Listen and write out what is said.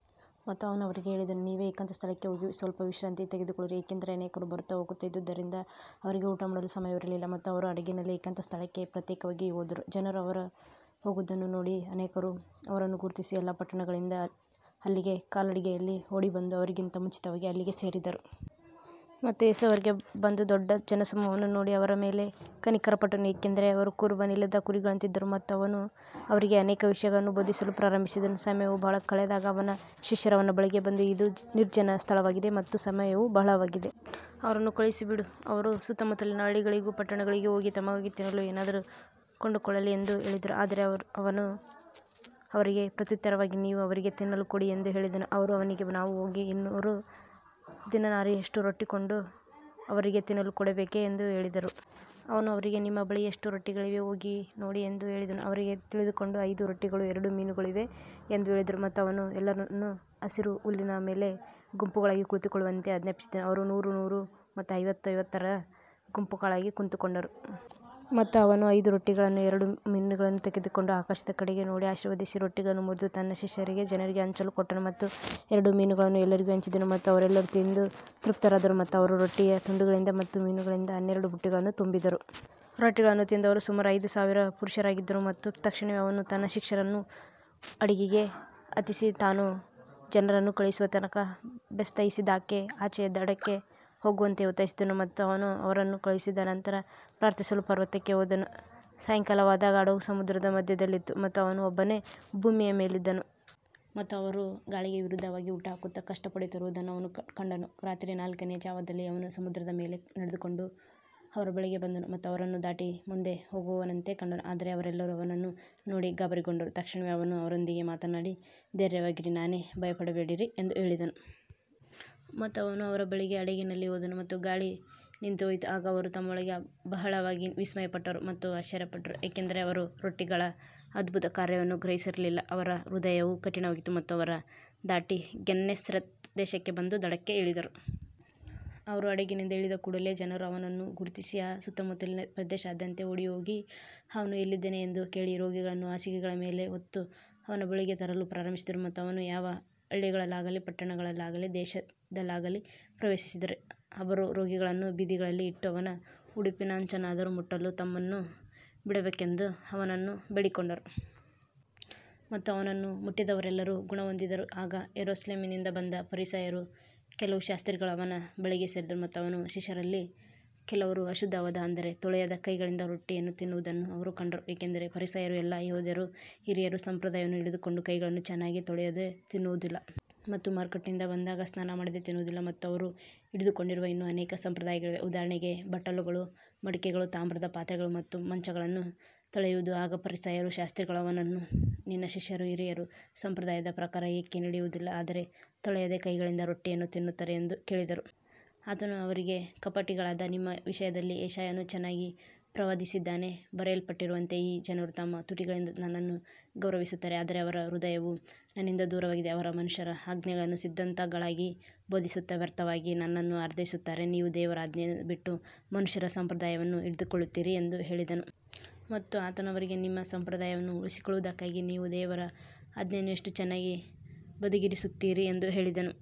ಮತ್ತು ಅವನು ಅವರಿಗೆ ಹೇಳಿದನು, ನೀವೇ ಏಕಾಂತ ಸ್ಥಳಕ್ಕೆ ಹೋಗಿ ಸ್ವಲ್ಪ ವಿಶ್ರಾಂತಿ ತೆಗೆದುಕೊಳ್ಳಿರಿ, ಏಕೆಂದರೆ ಅನೇಕರು ಬರುತ್ತಾ ಹೋಗುತ್ತಾ ಇದ್ದುದರಿಂದ ಅವರಿಗೆ ಊಟಮಾಡಲೂ ಸಮಯವಿರಲಿಲ್ಲ. ಮತ್ತು ಅವರು ಹಡಗಿನಲ್ಲಿ ಏಕಾಂತ ಸ್ಥಳಕ್ಕೆ ಪ್ರತ್ಯೇಕವಾಗಿ ಹೋದರು. ಜನರು ಅವರು ಹೋಗುವುದನ್ನು ನೋಡಿ ಅನೇಕರು ಅವರನ್ನು ಗುರುತಿಸಿ, ಎಲ್ಲಾ ಪಟ್ಟಣಗಳಿಂದ ಅಲ್ಲಿಗೆ ಕಾಲ್ನಡಿಗೆಯಲ್ಲಿ ಓಡಿಬಂದು ಅವರಿಗಿಂತ ಮುಂಚಿತವಾಗಿ ಅಲ್ಲಿಗೆ ಸೇರಿದರು. ಮತ್ತು ಯೇಸು ಹೊರಗೆ ಬಂದು ದೊಡ್ಡ ಜನಸಮೂಹವನ್ನು ನೋಡಿ ಅವರ ಮೇಲೆ ಕನಿಕರಪಟ್ಟನು, ಏಕೆಂದರೆ ಅವರು ಕುರುಬನಿಲ್ಲದ ಕುರಿಗಳಂತಿದ್ದರು. ಮತ್ತು ಅವನು ಅವರಿಗೆ ಅನೇಕ ವಿಷಯಗಳನ್ನು ಬೋಧಿಸಲು ಪ್ರಾರಂಭಿಸಿದನು. ಸಮಯವು ಬಹಳ ಕಳೆದಾಗ ಅವನ ಶಿಷ್ಯರು ಅವನ ಬಳಿಗೆ ಬಂದು, ಇದು ನಿರ್ಜನ ಸ್ಥಳವಾಗಿದೆ ಮತ್ತು ಸಮಯವೂ ಬಹಳವಾಗಿದೆ. ಅವರನ್ನು ಕಳುಹಿಸಿಬಿಡು, ಅವರು ಸುತ್ತಮುತ್ತಲಿನ ಹಳ್ಳಿಗಳಿಗೂ ಪಟ್ಟಣಗಳಿಗೂ ಹೋಗಿ ತಮಗಾಗಿ ತಿನ್ನಲು ಏನಾದರೂ ಕೊಂಡುಕೊಳ್ಳಲಿ ಎಂದು ಹೇಳಿದರು. ಆದರೆ ಅವನು ಅವರಿಗೆ ಪ್ರತ್ಯುತ್ತರವಾಗಿ, ನೀವು ಅವರಿಗೆ ತಿನ್ನಲು ಕೊಡಿ ಎಂದು ಹೇಳಿದನು. ಅವರು ಅವನಿಗೆ, ನಾವು ಹೋಗಿ ಇನ್ನೂರು ದಿನಾರಿಯಷ್ಟು ರೊಟ್ಟಿ ಕೊಂಡು ಅವರಿಗೆ ತಿನ್ನಲು ಕೊಡಬೇಕೇ ಎಂದು ಹೇಳಿದರು. ಅವನು ಅವರಿಗೆ, ನಿಮ್ಮ ಬಳಿ ಎಷ್ಟು ರೊಟ್ಟಿಗಳಿವೆ, ಹೋಗಿ ನೋಡಿ ಎಂದು ಹೇಳಿದನು. ಅವರು ತಿಳಿದುಕೊಂಡು, ಐದು ರೊಟ್ಟಿಗಳೂ ಎರಡು ಮೀನುಗಳೂ ಇವೆ ಎಂದು ಹೇಳಿದರು. ಮತ್ತು ಅವನು ಎಲ್ಲರನ್ನೂ ಹಸಿರು ಹುಲ್ಲಿನ ಮೇಲೆ ಗುಂಪುಗಳಾಗಿ ಕುಳಿತುಕೊಳ್ಳುವಂತೆ ಆಜ್ಞಾಪಿಸಿದನು. ಅವರು ನೂರು ನೂರು ಮತ್ತು ಐವತ್ತು ಐವತ್ತರ ಗುಂಪುಗಳಾಗಿ ಕುಳಿತುಕೊಂಡರು. ಮತ್ತು ಅವನು ಐದು ರೊಟ್ಟಿಗಳನ್ನೂ ಎರಡು ಮೀನುಗಳನ್ನೂ ತೆಗೆದುಕೊಂಡು ಆಕಾಶದ ಕಡೆಗೆ ನೋಡಿ ಆಶೀರ್ವದಿಸಿ ರೊಟ್ಟಿಗಳನ್ನು ಮುರಿದು ತನ್ನ ಶಿಷ್ಯರಿಗೆ ಜನರಿಗೆ ಹಂಚಲು ಕೊಟ್ಟನು. ಮತ್ತು ಎರಡು ಮೀನುಗಳನ್ನೂ ಎಲ್ಲರಿಗೂ ಹಂಚಿದನು. ಮತ್ತು ಅವರೆಲ್ಲರೂ ತಿಂದು ತೃಪ್ತರಾದರು. ಮತ್ತು ಅವರು ರೊಟ್ಟಿಯ ತುಂಡುಗಳಿಂದ ಮತ್ತು ಮೀನುಗಳಿಂದ ಹನ್ನೆರಡು ಬುಟ್ಟಿಗಳನ್ನು ತುಂಬಿದರು. ರೊಟ್ಟಿಗಳನ್ನು ತಿಂದವರು ಸುಮಾರು ಐದು ಸಾವಿರ ಪುರುಷರಾಗಿದ್ದರು. ಮತ್ತು ತಕ್ಷಣವೇ ಅವನು ತನ್ನ ಶಿಷ್ಯರನ್ನು ಹಡಗಿಗೆ ಹತ್ತಿಸಿ, ತಾನು ಜನರನ್ನು ಕಳುಹಿಸುವ ತನಕ ಬೇತ್ಸಾಯಿದಾಕ್ಕೆ ಆಚೆಯ ದಡಕ್ಕೆ ಹೋಗುವಂತೆ ಒತ್ತಾಯಿಸಿದನು. ಮತ್ತು ಅವನು ಅವರನ್ನು ಕಳುಹಿಸಿದ ನಂತರ ಪ್ರಾರ್ಥಿಸಲು ಪರ್ವತಕ್ಕೆ ಹೋದನು. ಸಾಯಂಕಾಲವಾದಾಗ ಹಡಗು ಸಮುದ್ರದ ಮಧ್ಯದಲ್ಲಿತ್ತು ಮತ್ತು ಅವನು ಒಬ್ಬನೇ ಭೂಮಿಯ ಮೇಲಿದ್ದನು. ಮತ್ತು ಅವರು ಗಾಳಿಗೆ ವಿರುದ್ಧವಾಗಿ ಹುಟ್ಟುಹಾಕುತ್ತಾ ಕಷ್ಟಪಡುತ್ತಿರುವುದನ್ನು ಅವನು ಕಂಡನು. ರಾತ್ರಿಯ ನಾಲ್ಕನೆಯ ಜಾವದಲ್ಲಿ ಅವನು ಸಮುದ್ರದ ಮೇಲೆ ನಡೆದುಕೊಂಡು ಅವರ ಬಳಿಗೆ ಬಂದನು ಮತ್ತು ಅವರನ್ನು ದಾಟಿ ಮುಂದೆ ಹೋಗುವವನಂತೆ ಕಂಡನು. ಆದರೆ ಅವರೆಲ್ಲರೂ ಅವನನ್ನು ನೋಡಿ ಗಾಬರಿಗೊಂಡರು. ತಕ್ಷಣವೇ ಅವನು ಅವರೊಂದಿಗೆ ಮಾತನಾಡಿ, ಧೈರ್ಯವಾಗಿರಿ, ನಾನೇ, ಭಯಪಡಬೇಡಿರಿ ಎಂದು ಹೇಳಿದನು. ಮತ್ತು ಅವನು ಅವರ ಬಳಿಗೆ ಹಡಗಿನಲ್ಲಿ ಹೋದನು ಮತ್ತು ಗಾಳಿ ನಿಂತುಹೋಯಿತು. ಆಗ ಅವರು ತಮ್ಮೊಳಗೆ ಬಹಳವಾಗಿ ವಿಸ್ಮಯಪಟ್ಟರು ಮತ್ತು ಆಶ್ಚರ್ಯಪಟ್ಟರು. ಏಕೆಂದರೆ ಅವರು ರೊಟ್ಟಿಗಳ ಅದ್ಭುತ ಕಾರ್ಯವನ್ನು ಗ್ರಹಿಸಿರಲಿಲ್ಲ, ಅವರ ಹೃದಯವು ಕಠಿಣವಾಗಿತ್ತು. ಮತ್ತು ಅವರು ದಾಟಿ ಗೆನ್ನೆಸರೆತ್ ದೇಶಕ್ಕೆ ಬಂದು ದಡಕ್ಕೆ ಇಳಿದರು. ಅವರು ಹಡಗಿನಿಂದ ಇಳಿದ ಕೂಡಲೆ ಜನರು ಅವನನ್ನು ಗುರುತಿಸಿ ಆ ಸುತ್ತಮುತ್ತಲಿನ ಪ್ರದೇಶದಾದ್ಯಂತ ಓಡಿಹೋಗಿ, ಅವನು ಎಲ್ಲಿದ್ದಾನೆ ಎಂದು ಕೇಳಿ, ರೋಗಿಗಳನ್ನು ಹಾಸಿಗೆಗಳ ಮೇಲೆ ಹೊತ್ತು ಅವನ ಬಳಿಗೆ ತರಲು ಪ್ರಾರಂಭಿಸಿದರು. ಮತ್ತು ಅವನು ಯಾವ ಹಳ್ಳಿಗಳಲ್ಲಾಗಲಿ ಪಟ್ಟಣಗಳಲ್ಲಾಗಲಿ ದೇಶದಲ್ಲಾಗಲಿ ಪ್ರವೇಶಿಸಿದರೂ, ಅವರು ರೋಗಿಗಳನ್ನು ಬೀದಿಗಳಲ್ಲಿ ಇಟ್ಟು, ಅವನ ಉಡುಪಿನ ಅಂಚನ್ನಾದರೂ ಮುಟ್ಟಲು ತಮ್ಮನ್ನು ಬಿಡಬೇಕೆಂದು ಅವನನ್ನು ಬೇಡಿಕೊಂಡರು. ಮತ್ತು ಅವನನ್ನು ಮುಟ್ಟಿದವರೆಲ್ಲರೂ ಗುಣಹೊಂದಿದರು. ಆಗ ಯೆರೂಸಲೇಮಿನಿಂದ ಬಂದ ಫರಿಸಾಯರೂ ಕೆಲವು ಶಾಸ್ತ್ರಿಗಳೂ ಅವನ ಬಳಿಗೆ ಸೇರಿದರು. ಮತ್ತು ಅವನ ಶಿಷ್ಯರಲ್ಲಿ ಕೆಲವರು ಅಶುದ್ಧವಾದ, ಅಂದರೆ ತೊಳೆಯದ ಕೈಗಳಿಂದ ರೊಟ್ಟಿಯನ್ನು ತಿನ್ನುವುದನ್ನು ಅವರು ಕಂಡರು. ಏಕೆಂದರೆ ಫರಿಸಾಯರೂ ಎಲ್ಲಾ ಯೆಹೂದ್ಯರೂ ಹಿರಿಯರ ಸಂಪ್ರದಾಯವನ್ನು ಹಿಡಿದುಕೊಂಡು, ಕೈಗಳನ್ನು ಚೆನ್ನಾಗಿ ತೊಳೆಯದೆ ತಿನ್ನುವುದಿಲ್ಲ. ಮತ್ತು ಮಾರುಕಟ್ಟೆಯಿಂದ ಬಂದಾಗ ಸ್ನಾನಮಾಡದೆ ತಿನ್ನುವುದಿಲ್ಲ. ಮತ್ತು ಅವರು ಹಿಡಿದುಕೊಂಡಿರುವ ಇನ್ನೂ ಅನೇಕ ಸಂಪ್ರದಾಯಗಳಿವೆ, ಉದಾಹರಣೆಗೆ ಬಟ್ಟಲುಗಳು, ಮಡಕೆಗಳು, ತಾಮ್ರದ ಪಾತ್ರೆಗಳು ಮತ್ತು ಮಂಚಗಳನ್ನು ತೊಳೆಯುವುದು. ಆಗ ಫರಿಸಾಯರೂ ಶಾಸ್ತ್ರಿಗಳೂ ಅವನನ್ನು, ನಿನ್ನ ಶಿಷ್ಯರು ಹಿರಿಯರ ಸಂಪ್ರದಾಯದ ಪ್ರಕಾರ ಏಕೆ ನಡೆಯುವುದಿಲ್ಲ, ಆದರೆ ತೊಳೆಯದ ಕೈಗಳಿಂದ ರೊಟ್ಟಿಯನ್ನು ತಿನ್ನುತ್ತಾರೆ ಎಂದು ಕೇಳಿದರು. ಆತನು ಅವರಿಗೆ, ಕಪಟಿಗಳಾದ ನಿಮ್ಮ ವಿಷಯದಲ್ಲಿ ಯೆಶಾಯನು ಚೆನ್ನಾಗಿ ಪ್ರವಾದಿಸಿದ್ದಾನೆ. ಬರೆಯಲ್ಪಟ್ಟಿರುವಂತೆ, ಈ ಜನರು ತಮ್ಮ ತುಟಿಗಳಿಂದ ನನ್ನನ್ನು ಗೌರವಿಸುತ್ತಾರೆ, ಆದರೆ ಅವರ ಹೃದಯವು ನನ್ನಿಂದ ದೂರವಾಗಿದೆ. ಅವರು ಮನುಷ್ಯರ ಆಜ್ಞೆಗಳನ್ನು ಸಿದ್ಧಾಂತಗಳಾಗಿ ಬೋಧಿಸುತ್ತಾ ವ್ಯರ್ಥವಾಗಿ ನನ್ನನ್ನು ಆರಾಧಿಸುತ್ತಾರೆ. ನೀವು ದೇವರ ಆಜ್ಞೆಯನ್ನು ಬಿಟ್ಟು ಮನುಷ್ಯರ ಸಂಪ್ರದಾಯವನ್ನು ಹಿಡಿದುಕೊಳ್ಳುತ್ತೀರಿ ಎಂದು ಹೇಳಿದನು. ಮತ್ತು ಆತನು ಅವರಿಗೆ, ನಿಮ್ಮ ಸಂಪ್ರದಾಯವನ್ನು ಉಳಿಸಿಕೊಳ್ಳುವುದಕ್ಕಾಗಿ ನೀವು ದೇವರ ಆಜ್ಞೆಯನ್ನು ಎಷ್ಟು ಚೆನ್ನಾಗಿ ಬದಿಗಿರಿಸುತ್ತೀರಿ ಎಂದು ಹೇಳಿದನು.